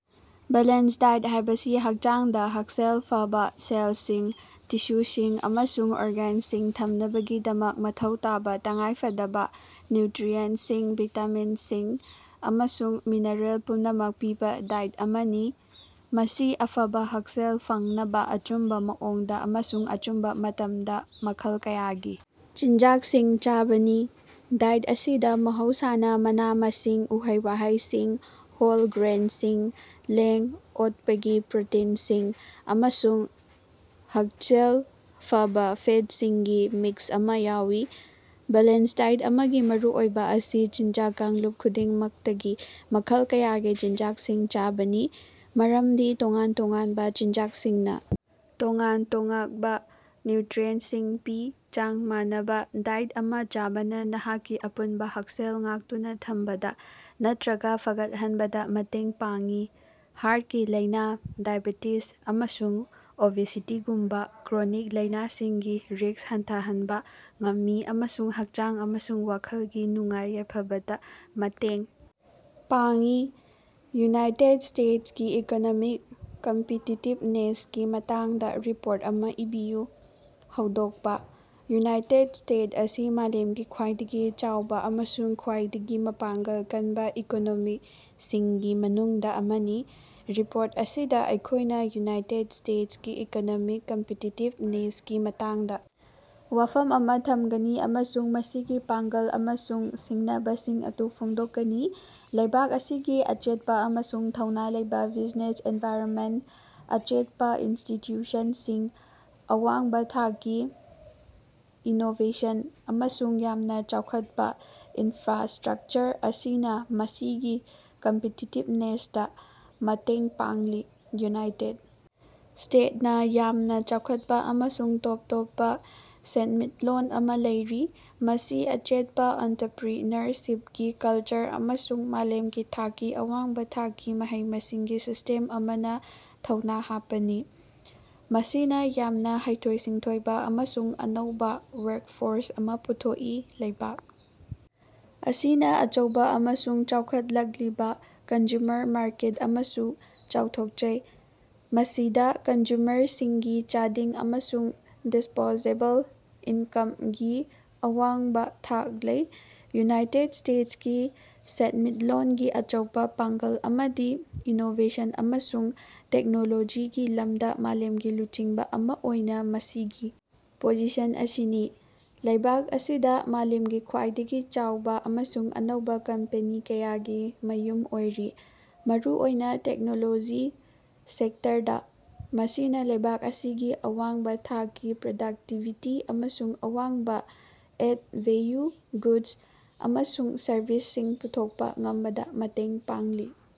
Balance diet ꯍꯥꯏꯕꯁꯤ ꯍꯛꯆꯥꯡꯗ ꯍꯛꯁꯦꯜ ꯐꯕ ꯁꯦꯜꯁꯤꯡ, ꯇꯤꯁꯨꯁꯤꯡ ꯑꯃꯁꯨꯡ ꯑꯣꯔꯒꯥꯟꯁꯤꯡ ꯊꯝꯅꯕꯒꯤꯗꯃꯛ ꯃꯊꯧ ꯇꯥꯕ ꯇꯉꯥꯏꯐꯗꯕ ꯅ꯭ꯌꯨꯇ꯭ꯔꯤꯑꯦꯟꯇꯁꯤꯡ, ꯚꯤꯇꯥꯃꯤꯟꯁꯤꯡ ꯑꯃꯁꯨꯡ ꯃꯤꯅꯔꯦꯜ ꯄꯨꯝꯅꯃꯛ ꯄꯤꯕ ꯗꯥꯏꯠ ꯑꯃꯅꯤ꯫ ꯃꯁꯤ ꯑꯐꯕ ꯍꯛꯁꯦꯜ ꯐꯪꯅꯕ ꯑꯆꯨꯝꯕ ꯃꯑꯣꯡꯗ ꯑꯃꯁꯨꯡ ꯑꯆꯨꯝꯕ ꯃꯇꯝꯗ ꯃꯈꯜ ꯀꯌꯥꯒꯤ ꯆꯤꯟꯖꯥꯛꯁꯤꯡ ꯆꯥꯕꯅꯤ꯫ ꯗꯥꯏꯠ ꯑꯁꯤꯗ ꯃꯍꯧꯁꯥꯅ ꯃꯅꯥ-ꯃꯁꯤꯡ, ꯎꯍꯩ-ꯋꯥꯍꯩꯁꯤꯡ, ꯍꯣꯜ ꯒ꯭ꯔꯦꯟꯁꯤꯡ, ꯂꯦꯡ-ꯑꯣꯠꯄꯒꯤ ꯄ꯭ꯔꯣꯇꯤꯟꯁꯤꯡ ꯑꯃꯁꯨꯡ ꯍꯛꯁꯦꯜ ꯐꯕ ꯐꯦꯠꯁꯤꯡꯒꯤ ꯃꯤꯛꯁ ꯑꯃ ꯌꯥꯎꯏ꯫ ꯕꯦꯂꯦꯟꯁ ꯗꯥꯏꯠ ꯑꯃꯒꯤ ꯃꯔꯨꯑꯣꯏꯕ ꯑꯁꯤ ꯆꯤꯟꯖꯥꯛ ꯀꯥꯡꯂꯨꯞ ꯈꯨꯗꯤꯡꯃꯛꯇꯒꯤ ꯃꯈꯜ ꯀꯌꯥꯒꯤ ꯆꯤꯟꯖꯥꯛꯁꯤꯡ ꯆꯥꯕꯅꯤ, ꯃꯔꯝꯗꯤ ꯇꯣꯉꯥꯟ-ꯇꯣꯉꯥꯟꯕ ꯆꯤꯟꯖꯥꯛꯁꯤꯡꯅ ꯇꯣꯉꯥꯟ-ꯇꯣꯉꯥꯛꯕ ꯅ꯭ꯌꯨꯠꯔꯤꯑꯦꯟꯇꯁꯤꯡ ꯄꯤ꯫ ꯆꯥꯡ ꯃꯥꯟꯅꯕꯥ ꯗꯥꯏꯠ ꯑꯃ ꯆꯥꯕꯅ ꯅꯍꯥꯛꯀꯤ ꯑꯄꯨꯟꯕ ꯍꯛꯁꯦꯜ ꯉꯥꯛꯇꯨꯅ ꯊꯝꯕꯗ ꯅꯠꯇ꯭ꯔꯒ ꯐꯒꯠꯍꯟꯕꯗ ꯃꯇꯦꯡ ꯄꯥꯡꯏ, ꯍꯥꯔꯇꯀꯤ ꯂꯥꯏꯅ, ꯗꯥꯏꯑꯦꯕꯦꯇꯤꯖ, ꯑꯃꯁꯨꯡ ꯑꯣꯕꯦꯁꯤꯇꯤꯒꯨꯝꯕ ꯀ꯭ꯔꯣꯅꯤꯛ ꯂꯥꯏꯅꯥꯁꯤꯡꯒꯤ ꯔꯤꯁ꯭ꯛ ꯍꯟꯊꯍꯟꯕ ꯉꯝꯃꯤ ꯑꯃꯁꯨꯡ ꯍꯛꯆꯥꯡ ꯑꯃꯁꯨꯡ ꯋꯥꯈꯜꯒꯤ ꯅꯨꯡꯉꯥꯏ-ꯌꯥꯏꯐꯕꯗ ꯃꯇꯦꯡ ꯄꯥꯡꯏ꯫ ꯌꯨꯅꯥꯏꯇꯦꯗ ꯏꯁꯇꯦꯇꯁ ꯀꯤ ꯏꯀꯣꯅꯣꯃꯤꯛ ꯀꯝꯄꯤꯇꯤꯇꯤꯞꯅꯦꯁꯀꯤ ꯃꯇꯥꯡꯗꯥ ꯔꯤꯄꯣꯔꯠ ꯑꯃ ꯏꯕꯤꯌꯨ꯫ ꯍꯧꯗꯣꯛꯄ: ꯌꯨꯅꯥꯏꯇꯦꯗ ꯁ꯭ꯇꯦꯇꯁ ꯑꯁꯤ ꯃꯥꯂꯦꯝꯒꯤ ꯈ꯭ꯋꯥꯏꯗꯒꯤ ꯆꯥꯎꯕ ꯑꯃꯁꯨꯡ ꯈ꯭ꯋꯥꯏꯗꯒꯤ ꯃꯄꯥꯉꯡꯒꯜ ꯀꯟꯕ ꯏꯀꯣꯅꯣꯃꯤꯁꯤꯡꯒꯤ ꯃꯅꯨꯡꯗ ꯑꯃꯅꯤ꯫ ꯔꯤꯄꯣꯔꯠ ꯑꯁꯤꯗ ꯑꯩꯈꯣꯏꯅ ꯌꯨꯅꯥꯏꯇꯦꯠ ꯏꯁꯇꯦꯠꯁ ꯀꯤ ꯏꯀꯣꯅꯣꯃꯤꯛ ꯀꯝꯄꯤꯇꯤꯇꯤꯞꯅꯦꯁꯀꯤ ꯃꯇꯥꯡꯗ ꯋꯥꯐꯝ ꯑꯃꯥ ꯊꯝꯒꯅꯤ ꯑꯃꯁꯨꯡ ꯃꯁꯤꯒꯤ ꯄꯥꯡꯒꯜ ꯑꯃꯁꯨꯡ ꯁꯤꯡꯅꯕꯁꯤꯡ ꯑꯗꯨ ꯐꯣꯡꯗꯣꯛꯀꯅꯤ꯫ ꯂꯩꯕꯥꯛ ꯑꯁꯤꯒꯤ ꯑꯆꯦꯠꯄ ꯑꯃꯁꯨꯡ ꯊꯧꯅ ꯂꯩꯕ ꯕꯤꯖꯤꯅꯦꯁ ꯑꯦꯟꯚꯥꯏꯔꯟꯃꯦꯟꯇ, ꯑꯆꯦꯠꯄ ꯏꯟꯁꯇꯤꯇ꯭ꯌꯨꯁꯟꯁꯤꯡ, ꯑꯋꯥꯡꯕ ꯊꯥꯛꯀꯤ ꯏꯅꯣꯕꯦꯁꯟ, ꯑꯃꯁꯨꯡ ꯌꯥꯝꯅ ꯆꯥꯎꯈꯠꯄ ꯏꯟꯐ꯭ꯔꯥꯁ꯭ꯇꯔꯛꯆꯔ ꯑꯁꯤꯅ ꯃꯁꯤꯒꯤ ꯀꯝꯄꯤꯇꯤꯇꯤꯕꯅꯦꯁꯇ ꯃꯇꯦꯡ ꯄꯥꯡꯂꯤ꯫ ꯌꯨꯅꯥꯏꯇꯦꯗ ꯏꯁꯇꯦꯠꯁ ꯅ ꯌꯥꯝꯅ ꯆꯥꯎꯈꯠꯄ ꯑꯃꯁꯨꯡ ꯇꯣꯞ ꯇꯣꯞꯄ ꯁꯦꯟꯃꯤꯠꯂꯣꯟ ꯑꯃ ꯂꯩꯔꯤ, ꯃꯁꯤ ꯑꯆꯦꯠꯄ ꯑꯣꯟꯇ꯭ꯔꯄ꯭ꯔꯤꯅꯔꯁꯤꯞꯀꯤ ꯀꯜꯆꯔ ꯑꯃꯁꯨꯡ ꯃꯥꯂꯦꯝꯒꯤ ꯊꯥꯛꯀꯤ ꯑꯋꯥꯡꯕ ꯊꯥꯛꯀꯤ ꯃꯍꯩ-ꯃꯁꯤꯡꯒꯤ ꯁꯤꯁ꯭ꯇꯦꯝ ꯑꯃꯅ ꯊꯧꯅ ꯍꯥꯞꯄꯅꯤ, ꯃꯁꯤꯅ ꯌꯥꯝꯅ ꯍꯩꯊꯣꯏ-ꯁꯤꯡꯊꯣꯏꯕ ꯑꯃꯁꯨꯡ ꯑꯅꯧꯕ ꯋꯥꯔꯀꯐꯣꯔꯁ ꯑꯃ ꯄꯨꯊꯣꯛꯏ꯫ ꯂꯩꯕꯥꯛ ꯑꯁꯤꯅ ꯑꯆꯧꯕ ꯑꯃꯁꯨꯡ ꯆꯥꯎꯈꯠꯂꯛꯂꯤꯕ ꯀꯟꯖꯨꯃꯔ ꯃꯥꯔꯀꯦꯠ ꯑꯃꯁꯨ ꯆꯥꯎꯊꯣꯛꯆꯩ, ꯃꯁꯤꯗ ꯀꯟꯖꯨꯃꯔꯁꯤꯡꯒꯤ ꯆꯥꯗꯤꯡ ꯑꯃꯁꯨꯡ ꯗꯤꯁ꯭ꯄꯣꯖꯦꯕꯜ ꯏꯟꯀꯝꯒꯤ ꯑꯋꯥꯡꯕ ꯊꯥꯛ ꯂꯩ꯫ ꯌꯨꯅꯥꯏꯇꯦꯗ ꯏꯁꯇꯦꯠꯁ ꯀꯤ ꯁꯦꯟꯃꯤꯠꯂꯣꯟꯒꯤ ꯑꯆꯧꯕ ꯄꯥꯡꯒꯜ ꯑꯃꯗꯤ ꯏꯅꯣꯕꯦꯁꯟ ꯑꯃꯁꯨꯡ ꯇꯦꯛꯅꯣꯂꯣꯖꯤꯒꯤ ꯂꯝꯗ ꯃꯥꯂꯦꯝꯒꯤ ꯂꯨꯆꯤꯡꯕ ꯑꯃ ꯑꯣꯏꯅ ꯃꯁꯤꯒꯤ ꯄꯣꯖꯤꯁꯟ ꯑꯁꯤꯅꯤ꯫ ꯂꯩꯕꯥꯛ ꯑꯁꯤꯗ ꯃꯥꯂꯦꯝꯒꯤ ꯈ꯭ꯋꯥꯏꯗꯒꯤ ꯆꯥꯎꯕ ꯑꯃꯁꯨꯡ ꯑꯅꯧꯕ ꯀꯝꯄꯦꯅꯤ ꯀꯌꯥꯒꯤ ꯃꯌꯨꯝ ꯑꯣꯏꯔꯤ, ꯃꯔꯨꯑꯣꯏꯅ ꯇꯦꯛꯅꯣꯂꯣꯖꯤ ꯁꯦꯛꯇꯔꯗ꯫ ꯃꯁꯤꯅ ꯂꯩꯕꯥꯛ ꯑꯁꯤꯒꯤ ꯑꯋꯥꯡꯕ ꯊꯥꯛꯀꯤ ꯄ꯭ꯔꯗꯛꯇꯤꯕꯤꯇꯤ ꯑꯃꯁꯨꯡ ꯑꯋꯥꯡꯕ ꯑꯦꯗ-ꯚꯦꯜꯌꯨ ꯒꯨꯗꯁ ꯑꯃꯁꯨꯡ ꯁꯔꯕꯤꯁꯁꯤꯡ ꯄꯨꯊꯣꯛꯄ ꯉꯝꯕꯗ ꯃꯇꯦꯡ ꯄꯥꯡꯂꯤ꯫